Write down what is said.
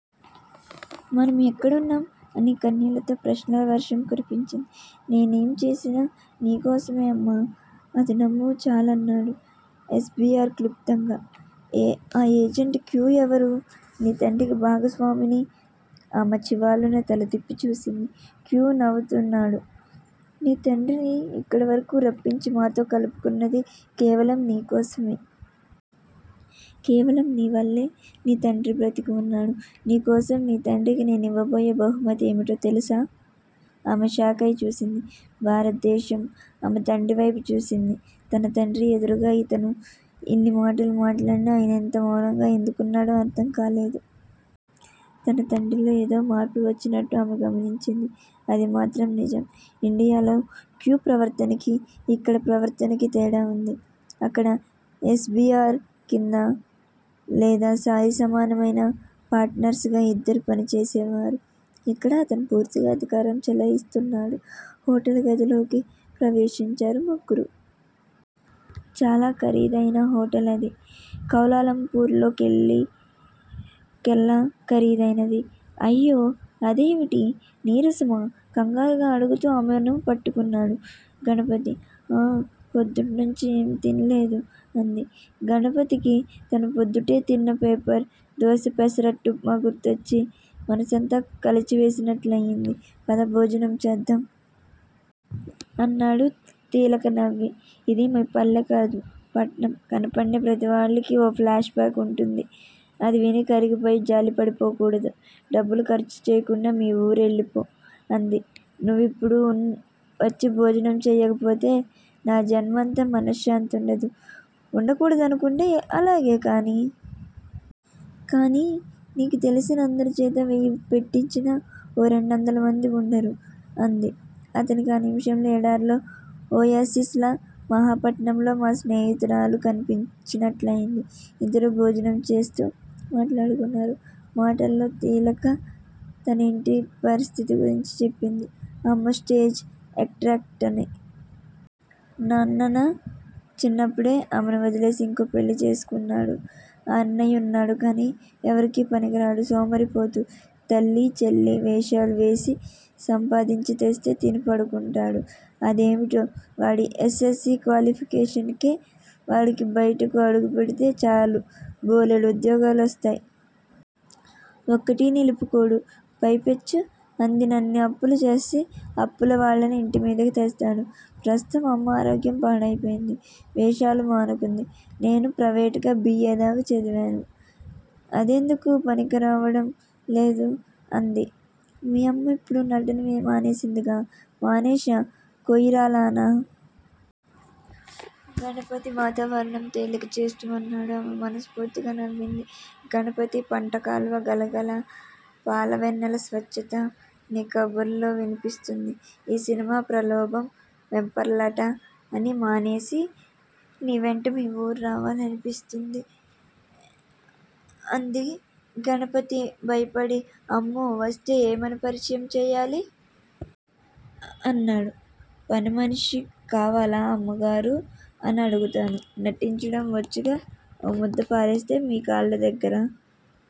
మనం ఎక్కడున్నాం? అని కన్నీళ్ళతో ప్రశ్నల వర్షం కురిపించింది. నేనేం చేసినా నీ కోసమే అమ్మా! అది నమ్ము చాలు అన్నాడు యస్బీఆర్ క్లుప్తంగా. ఆ ఏజెంట్ క్యూ ఎవరు? నీ తండ్రికి భాగస్వామిని. ఆమె చివాలున తల తిప్పి చూసింది. క్యూ నవ్వుతున్నాడు. నీ తండ్రిని ఇక్కడవరకూ రప్పించి మాతో కలుపుకున్నది కేవలం నీ కోసమే. కేవలం నీ వల్లే నీ తండ్రి బ్రతికి వున్నాడు. నీ కోసం నీ తండ్రికి నేను ఇవ్వబోయే బహుమతి ఏమిటో తెలుసా? ఆమె షాకై చూసింది. భారతదేశం. ఆమె తండ్రివైపు చూసింది. తన తండ్రి ఎదురుగా ఇతను ఇన్ని మాటలు మాట్లాడినా ఆయన అంత మౌనంగా ఎందుకుకున్నాడో అర్థం కాలేదు. తన తండ్రిలో ఏదో మార్పు వచ్చినట్టు ఆమె గమనించింది. అది మాత్రం నిజం. ఇండియాలో 'క్యూ' ప్రవర్తనకీ ఇక్కడి ప్రవర్తనకీ తేడా వుంది. అక్కడ యస్బీఆర్ క్రింద- లేదా- సరిసమానమైన పార్ట్నర్స్ గా ఇద్దరూ పని చేసేవారు. ఇక్కడ అతను పూర్తిగా అధికారం చెలాయిస్తున్నాడు. హోటల్ గదిలోకి ప్రవేశించారు ముగ్గురూ. చాలా ఖరీదైన హోటల్ అది. కౌలాలంపూర్ లో కెల్లా ఖరీదైనది.। అయ్యో అదేవిటీ? నీరసమా? కంగారుగా అడుగుతూ ఆమెను పట్టుకున్నాడు గణపతి. ఆఁ పొద్దుట్నుంచీ ఏమీ తినలేదు! అంది. గణపతికి తను పొద్దుటే తిన్న పేపర్ దోస, పెసరట్టుప్మా గుర్తొచ్చి మనసంతా కలచివేసినట్లయింది. పద, భోజనం చేద్దాం! అన్నాడు. తిలక నవ్వి, ఇది మీ పల్లెకాదు. పట్నం! కనపడిన ప్రతివాళ్ళకీ ఓ ఫ్లాష్ బాక్ వుంటుంది. అది విని కరిగిపోయి జాలిపడిపోకూడదు! డబ్బులు ఖర్చు చేయకుండా మీ ఊరెళ్ళిపో! అంది. నువ్వు ఇప్పుడు వచ్చి భోజనం చెయ్యకపోతే నాకు జన్మంతా మనశ్శాంతి ఉండదు! ఉండకూడదనుకుంటే అలాగే కానీ! కానీయ్ నీకు తెలిసిన అందరిచేత వెయ్యి పెట్టించినా ఓ రెండొందలమంది ఉండరూ? అంది. అతనికి ఆ నిమిషంలో ఎడారిలో ఒయాసిస్ లా మహాపట్నంలో ఓ స్నేహితురాలు కనిపించినట్లయింది. ఇద్దరూ భోజనం చేస్తూ మాట్లాడుకున్నారు. మాటల్లో తిలక తన ఇంటి పరిస్థితి గురించి చెప్పింది. అమ్మ స్టేజ్ ఎక్ట్రస్. నన్నానా చిన్నప్పుడే ఆమెను వదిలేసి ఇంకో పెళ్ళి చేసుకున్నాడు. అన్నయ్య ఉన్నాడు కానీ, ఎవరికీ పనికిరాడు! సోమరిపోతు తల్లీ, చెల్లీ వేషాలు వేసి సంపాదించి తెస్తే తిని పడుకుంటాడు. అదేమిటో వాడి ఎస్. ఎస్. సి. క్వాలిఫీకేషన్ కే వాడికి బయటకు అడుగు పెడితే చాలు బోలెడు ఉద్యోగాలొస్తాయ్. ఒక్కటీ నిలుపుకోడు. పై పెచ్చు అందినన్ని అప్పులు చేసి అప్పులాళ్ళని ఇంటిమీదకి తెస్తాడు. ప్రస్తుతం అమ్మ ఆరోగ్యం పాడయిపోయింది. వేషాలు మానుకుంది. నేను ప్రయివేటుగా బి. ఏ. దాకా చరివాను. అదెందుకూ పనికిరావడం లేదు! అంది. మీ అమ్మ ఇప్పుడు నటన మానేసిందిగా మానేషా కొయిరాలానా? గణపతి వాతావరణం తేలికచేస్తూ అన్నాడు. ఆమె మనస్ఫూర్తిగా నవ్వింది! గణపతీ! పంటకలువ గలగలా, పాల వెన్నెల స్వచ్చతా నీ కబుర్లలో వినిపిస్తోంది. ఈ సినిమా ప్రలోభం వెంపర్లాటా అన్నీ మానేసి నీ వెంట మీ ఊరు రావాలనిపిస్తోంది! అంది. గణపతి భయపడి అమ్మో! వస్తే ఏమని పరిచయం చెయ్యాలి? అన్నాడు. పనిమనిషి కావాలా అమ్మగారూ? అని అడుగుతానూ నటించడం వచ్చుగా! ఓ ముద్ద పారేస్తే మీ కాళ్ళదగ్గర